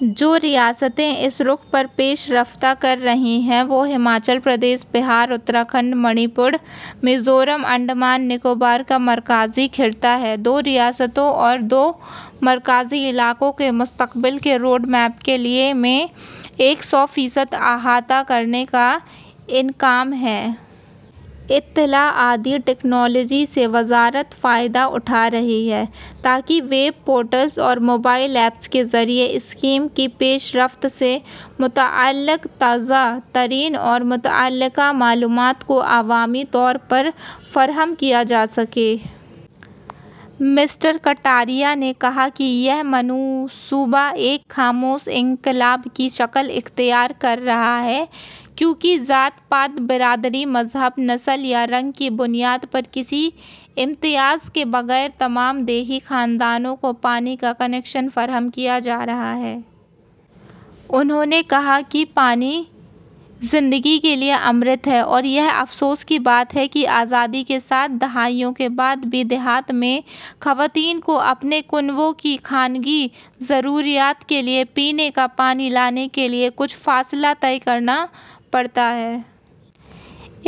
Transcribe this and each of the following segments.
جو ریاستیں اس رُخ پر پیش رفت کررہی ہیں وہ ہماچل پردیش، بہار، اتراکھنڈ، منی پور، میزورم اور انڈمان اور نکوبار کا مرکزی خطہ ہے۔ دو ریاستوں اور دو مرکزی علاقوں کے مستقبل کے روڈ میپ کے لئے میں ایک سو فیصد احاطہ کرنے کا امکان ہے۔ اطلاعاتی ٹکنالوجی سے وزارت فائدہ اٹھا رہی ہے تاکہ ویب پورٹلز اور موبائل ایپس کے ذریعے اسکیم کی پیش رفت سے متعلق تازہ ترین اور متعلقہ معلومات کو عوامی طور پر فراہم کیا جاسکے۔ مسٹر کٹیریا نے کہا کہ یہ منصوبہ ایک خاموش انقلاب کی شکل اختیار کر رہا ہے کیونکہ ذات پات، برادری، مذہب، نسل یا رنگ کی بنیاد پر کسی امتیاز کے بغیر تمام دیہی خاندانوں کو پانی کا کنکشن فراہم کیا جارہا ہے۔ انہوں نے کہا کہ پانی زندگی کیلئے امرت ہے اور یہ افسوس کی بات ہے کہ آزادی کی سات دہائیوں کے بعد بھی دیہات میں خواتین کو اپنے کنبوں کی خانگی ضروریات کے لئے پینے کا پانی لانے کے لئے کچھ فاصلہ طے کرنا پڑتا ہے۔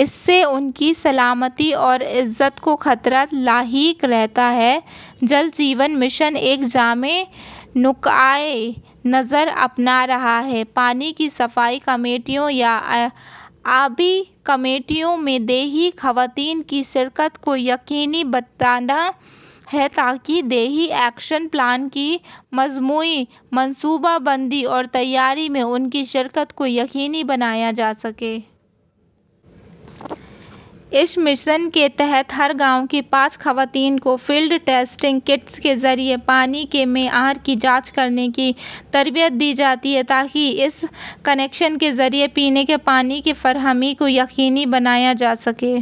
اس سے ان کی سلامتی اور عزت کو خطرہ لاحق رہتا ہے۔ جل جیون مشن ایک جامع نقطہ نظر اپنا رہا ہے اور پانی کی صفائی کمیٹیوں یا آبی کمیٹیوں میں دیہی خواتین کی شرکت کو یقینی بناتا ہے تاکہ دیہی ایکشن پلان کی مجموعی منصوبہ بندی اور تیاری میں ان کی شرکت کو یقینی بنایا جاسکے۔ اس مشن کے تحت ہر گاؤں کی پانچ خواتین کو فیلڈ ٹیسٹنگ کٹس کے ذریعے پانی کے معیار کی جانچ کرنے کی تربیت دی جاتی ہے تاکہ ان کنکشنوں کے ذریعے پینے کے پانی کی فراہمی کو یقینی بنایا جاسکے۔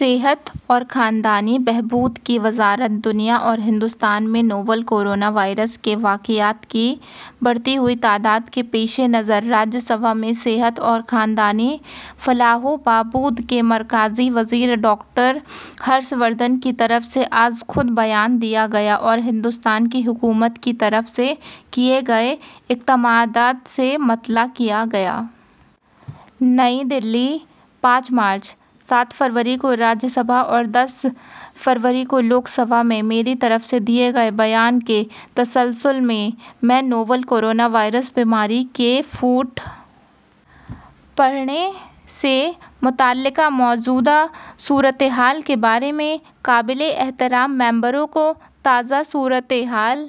صحت اور خاندانی بہبود کی وزارت دنیا اور ہندوستان میں نوویل کورونا وائرس کے واقعات کی بڑھتی ہوئی تعداد کے پیش نظر راجیہ سبھا میں صحت اور خاندانی فلاح و بہبود کے مرکزی وزیر ڈاکٹر ہرش وردھن کی طرف سے ازخود بیان دیا گیا اور ہندوستان کی حکومت کی طرف سے کئے گئے اقدامات سے مطلع کیا گیا۔ نئی دہلی، پانچ مارچ، سات فروری کو راجیہ سبھا اور اور دس فروری کو لوک سبھا میں میری طرف سے دیئے گئے بیان کے تسلسل میں، میں نوویل کورونا وائرس بیماری کے پھوٹ پڑنے سے متعلق موجودہ صورتحال کے بارے میں قابل احترام ممبروں کو تازہ صورتحال